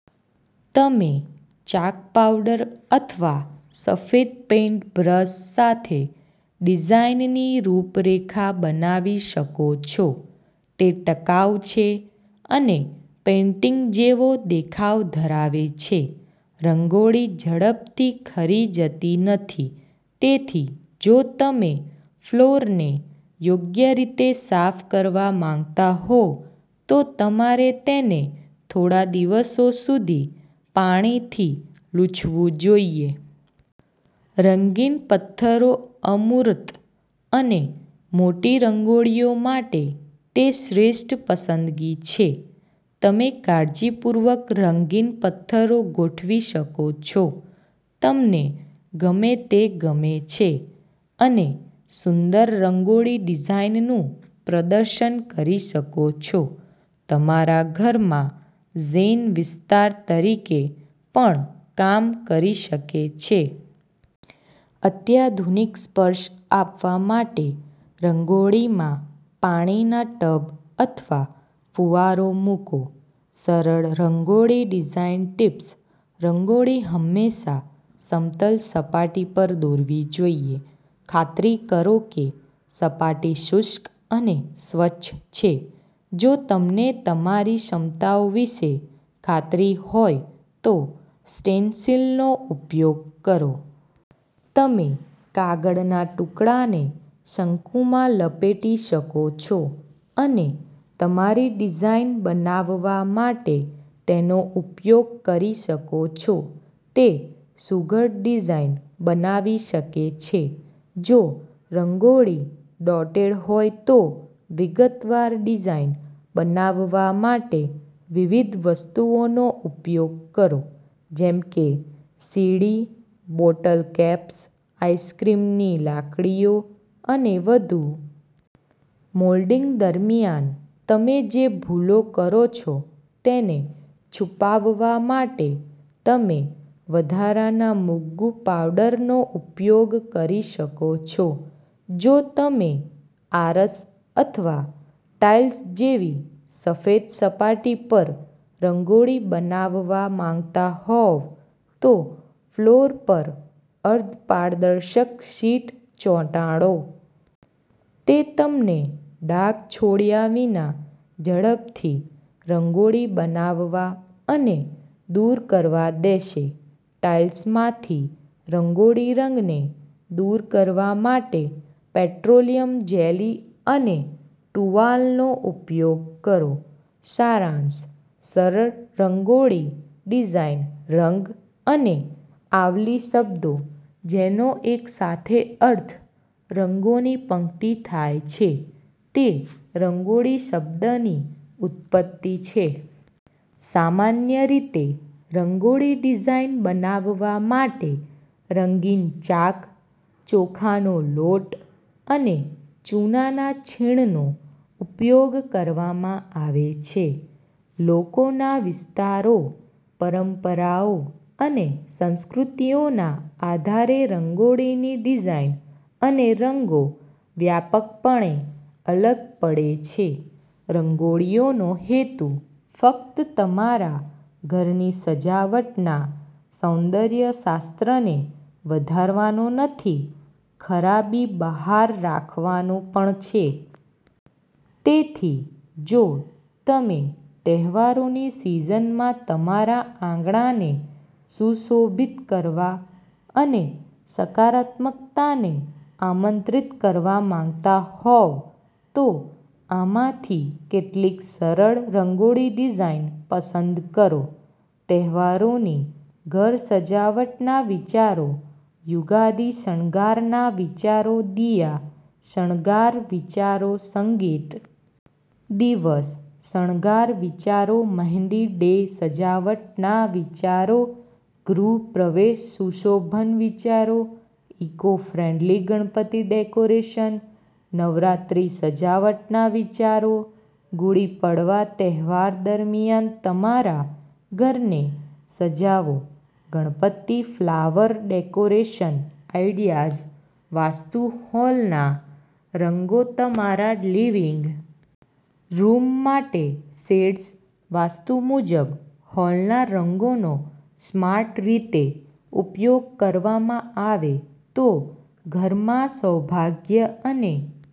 તમે chalk powder અથવા સફેદ પેઇન્ટબ્રશ સાથે ડિઝાઇનની રૂપરેખા બનાવી શકો છો. તે ટકાઉ છે અને પેઇન્ટિંગ જેવો દેખાવ ધરાવે છે. રંગોળી ઝડપથી ખરી જતી નથી, તેથી જો તમે ફ્લોરને યોગ્ય રીતે સાફ કરવા માંગતા હો, તો તમારે તેને થોડા દિવસો સુધી પાણીથી લૂછવું જોઈએ. રંગીન પત્થરોઅમૂર્ત અને મોટી રંગોળીઓ માટે તે શ્રેષ્ઠ પસંદગી છે. તમે કાળજીપૂર્વક રંગીન પત્થરો ગોઠવી શકો છો, તમને ગમે તે ગમે છે અને સુંદર રંગોળી ડિઝાઇનનું પ્રદર્શન કરી શકો છો. તમારા ઘરમાં ઝેન વિસ્તાર તરીકે પણ કામ કરી શકે છે. અત્યાધુનિક સ્પર્શ આપવા માટે રંગોળીમાં પાણીના ટબ અથવા ફુવારો મૂકો. સરળ રંગોળી ડિઝાઇન ટિપ્સ રંગોળી હંમેશા સમતલ સપાટી પર દોરવી જોઈએ. ખાતરી કરો કે સપાટી શુષ્ક અને સ્વચ્છ છે. જો તમને તમારી ક્ષમતાઓ વિશે ખાતરીહોય તો સ્ટેન્સિલનો ઉપયોગ કરો. તમે કાગળના ટુકડાને શંકુમાં લપેટી શકો છો અને તમારી ડિઝાઇન બનાવવા માટે તેનો ઉપયોગ કરી શકો છોતે સુઘડ ડિઝાઇન બનાવી શકે છે. જો રંગોળી ડોટેડહોય તો વિગતવાર ડિઝાઇન બનાવવા માટે વિવિધ વસ્તુઓનો ઉપયોગ કરો, જેમ કે સીડી, બોટલ કેપ્સ, આઈસ્ક્રીમની લાકડીઓ અને વધુ. મોલ્ડિંગ દરમિયાન તમે જે ભૂલો કરો છો તેને છુપાવવા માટે તમે વધારાના મુગ્ગુ પાવડરનો ઉપયોગ કરી શકો છો. જો તમે આરસ અથવા ટાઇલ્સ જેવી સફેદ સપાટી પર રંગોળી બનાવવા માંગતા હોવ તો ફ્લોર પર અર્ધપારદર્શક શીટ ચોંટાડો. તે તમને ડાઘ છોડ્યા વિના ઝડપથી રંગોળી બનાવવા અને દૂર કરવા દેશે. ટાઇલ્સમાંથી રંગોળી રંગને દૂર કરવા માટે પેટ્રોલિયમ જેલી અને ટુવાલનો ઉપયોગ કરો. સારાંશસરળ રંગોળી ડિઝાઇન 'રંગ' અને 'આવલી' શબ્દો, જેનો એકસાથે અર્થ 'રંગોની પંક્તિ' થાય છે, તે રંગોળી શબ્દની ઉત્પત્તિ છે. સામાન્ય રીતે રંગોળી ડિઝાઇન બનાવવા માટે રંગીન ચાક, ચોખાનો લોટ અને ચૂનાના છીણનો ઉપયોગ કરવામાં આવે છે. લોકોના વિસ્તારો, પરંપરાઓ અને સંસ્કૃતિઓના આધારે રંગોળીની ડિઝાઇન અને રંગો વ્યાપકપણે અલગ પડે છે. રંગોળીઓનો હેતુ ફક્ત તમારા ઘરની સજાવટના સૌંદર્ય શાસ્ત્રને વધારવાનો નથી, ખરાબી બહાર રાખવાનો પણ છે. તેથી, જો તમેતહેવારોની સિઝનમાં તમારા આંગણાને સુશોભિત કરવા અને સકારાત્મકતાને આમંત્રિત કરવા માંગતા હોવ તો આમાંથી કેટલીક સરળ રંગોળી ડિઝાઇન પસંદ કરો. તહેવારોની ઘર સજાવટના વિચારો યુગાદી શણગારના વિચારો દિયા શણગાર વિચારો સંગીત દિવસ શણગાર વિચારો મહેંદી ડે સજાવટના વિચારો ગૃહ પ્રવેશ સુશોભન વિચારો eco friendly Ganpati decoration Navratri સજાવટના વિચારો ગુડી પડવા તહેવાર દરમિયાન તમારા ઘરને સજાવો Ganpati flower decoration ideas vastu હોલના રંગોતમારા લિવિંગ રૂમ માટે શેડ્સ વાસ્તુ મુજબ હોલના રંગોનો સ્માર્ટ રીતે ઉપયોગ કરવામાં આવે તો ઘરમાં સૌભાગ્ય અને